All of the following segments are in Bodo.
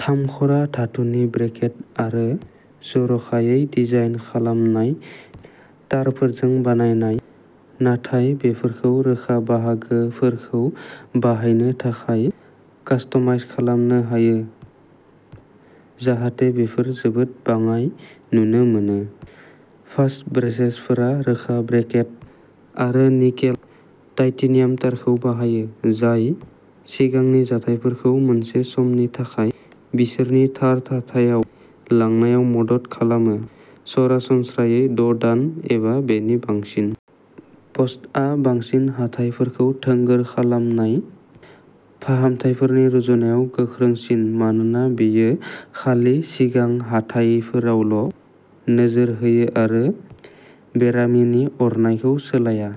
थामख'रा धातुनि ब्रेकेट आरो जर'खायै डिजाइन खालामनाय तारफोरजों बानायनाय, नाथाय बेफोरखौ रोखा बाहागोफोरखौ बाहायनो थाखाय कास्टमाइज खालामनो हायो, जाहाथे बेफोर जोबोद बाङाइ नुनो मोनो। फास्ट ब्रेसेसफोरा रोखा ब्रेकेट आरो निकेल-टाइटेनियाम तारफोरखौ बाहायो, जाय सिगांनि जाथायफोरखौ मोनसे समनि थाखाय बिसोरनि थार थाथायाव लांनायाव मदद खालामो सरासनस्रायै द' दान एबा बेनि बाङाइसिन। फास्टआ बांसिन हाथायफोरखौ थोंगोर खालामनाय फाहामथायफोरनि रुजुनायाव गोख्रैसिन मानोना बेयो खालि सिगांनि हाथायफोरावल'नोजोर होयो आरो बेरामिनि अरनायखौ सोलाया।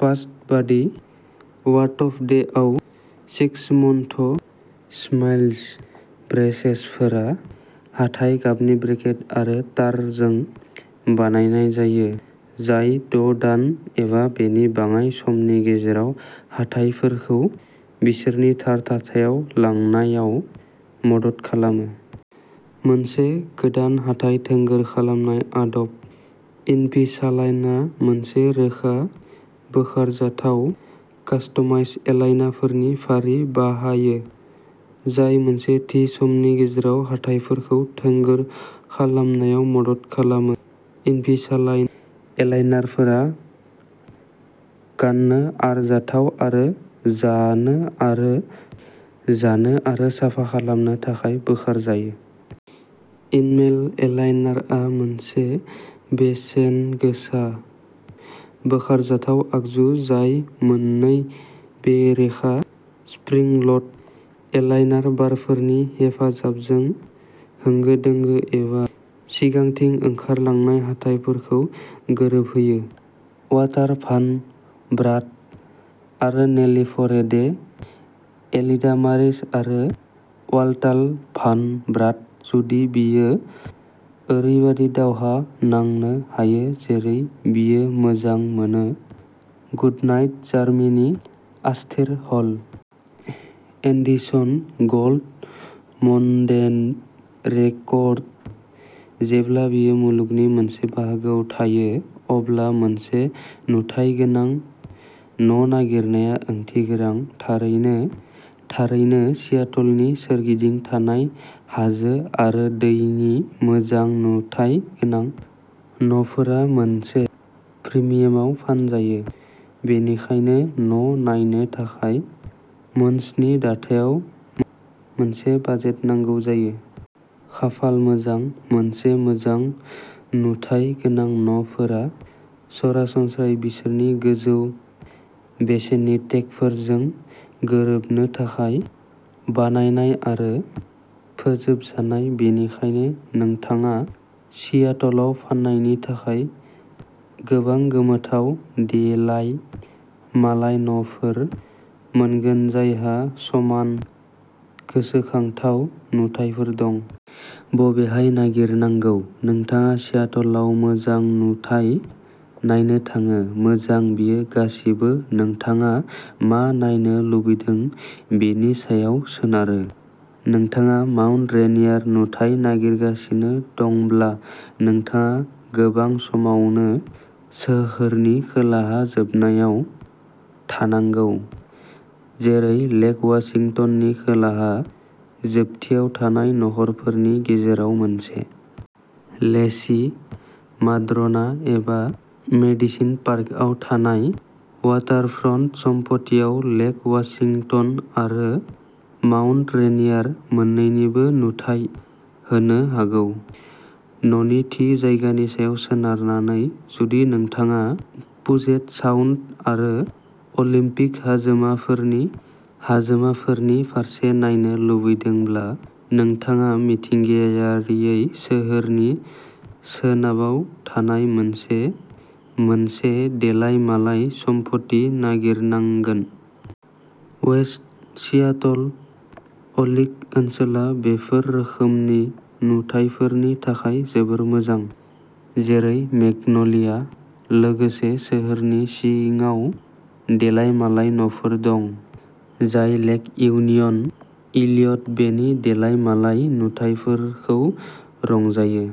फास्ट बायदि, अवाटफ'र्डआव सिक्स मन्थ स्माइल्स ब्रेसेसफोरा हाथाय गाबनि ब्रेकेट आरो तारफोरजों बानायनाय जायो, जाय द' दान एबा बेनि बाङाइ समनि गेजेराव हाथायफोरखौ बिसोरनि थार थाथायाव लांनायाव मदद खालामो। मोनसे गोदान हाथाय थोंगोर खालामनाय आदब, इनभिसालाइनआ मोनसे रोखा, बोखारजाथाव, कास्टमाइज्ड एलाइनारफोरनि फारि बाहायो, जाय मोनसे थि समनि गेजेराव हाथायफोरखौ थोंगोर खालामनायाव मदद खालामो। इनभिसालाइन एलाइनारफोरा गाननो आरजाथाव आरो जानो आरो साफा खालामनो थाखाय बोखारजायो। इनमेन एलाइनारआ मोनसे बेसेन-गोसा। बोखारजाथाव आगजु जाय मोननै बेरेखा स्प्रिं-ल'ड एलाइनार बारफोरनि हेफाजाबजों होंगो-दोंगो एबा सिगांथिं ओंखारलांनाय हाथायफोरखौ गोरोबहोयो। अवाल्टार भान ब्रान्ट आरो नेलि फ्ल'रेडे। एलिडा मरिस आरो वाल्टार भान ब्रान्ट। जुदि बियो ओरैबायदि दावहा नांनो हायो जेरै बियो मोजां मोनो, goodnight Germany Arthur Hall. Edison gold moulded record. जेब्ला बियो मुलुगनि मोनसे बाहागोआव थायो, अब्ला मोनसे नुथाय गोनां न' नागिरनाया ओंथिगोनां। थारैनो, थारैनो सियाटलनि सोरगिदिं थानाय हाजो आरो दैनि मोजां नुथाय गोनां न'फोरा मोनसे प्रिमियामाव फानजायो, बेनिखायनो न' नायनो थाखाय मोन स्नि दाथायाव मोनसे बाजेट नांगौ जायो। खाफाल मोजां, मोनसे मोजां नुथाय गोनां न'फोरा सरासनस्रायै बिसोरनि गोजौ बेसेननि टेगफोरजों गोरोबनो थाखाय बानायनाय आरो फोजोबजानाय, बेनिखायनो नोंथाङा सियाटलआव फाननायनि थाखाय गोबां गोमोथाव देलाय मालाय न'फोर मोनगोन जायहा समान गोसोखांथाव नुथायफोर दं। बबेहाय नागिरनांगौ? नोंथाङा सियाटलाव मोजां नुथाय नायनो थाङो? मोजां, बेयो गासिबो नोंथाङा मा नायनो लुबैदों बेनि सायाव सोनारो। नोंथाङा माउन्ट रेइनियार नुथाय नागिरगासिनो दंब्ला, नोंथाङा गोबां समावनो सोहोरनि खोला जोबनायाव थानांगौ, जेरै लेक अवाशिंटननि खोला जोबथियाव थानाय न'खरफोरनि गेजेराव मोनसे। लेसचि, माद्र'ना, एबा मेडिसन पार्कआव थानाय अवाटारफ्रन्ट सम्पथिया लेक अवाशिंटन आरो माउन्ट रेइनियार मोननैनिबो नुथाय होनो हागौ, न'नि थि जायगानि सायाव सोनारनानै। जुदि नोंथाङा पुजेट साउन्ड आरो अलिम्पिक हाजोमाफोरनि फारसे नायनो लुबैदोंब्ला, नोंथाङा मिथिंगायारियै सोहोरनि सोनाबाव थानाय मोनसे देलाय मालाय सम्पथि नागिरनांगोन। अवेस्ट सियाटल अल्कि ओनसोला बेफोर रोखोमनि नुथायफोरनि थाखाय जोबोद मोजां, जेरै मेग्न'लिया। लोगोसे, सोहोरनि सिङाव देलायमालाय न'फोर दं जाय लेक इउनियन इलियट बेनि देलाय मालाय नुथायफोरखौ रंजायो।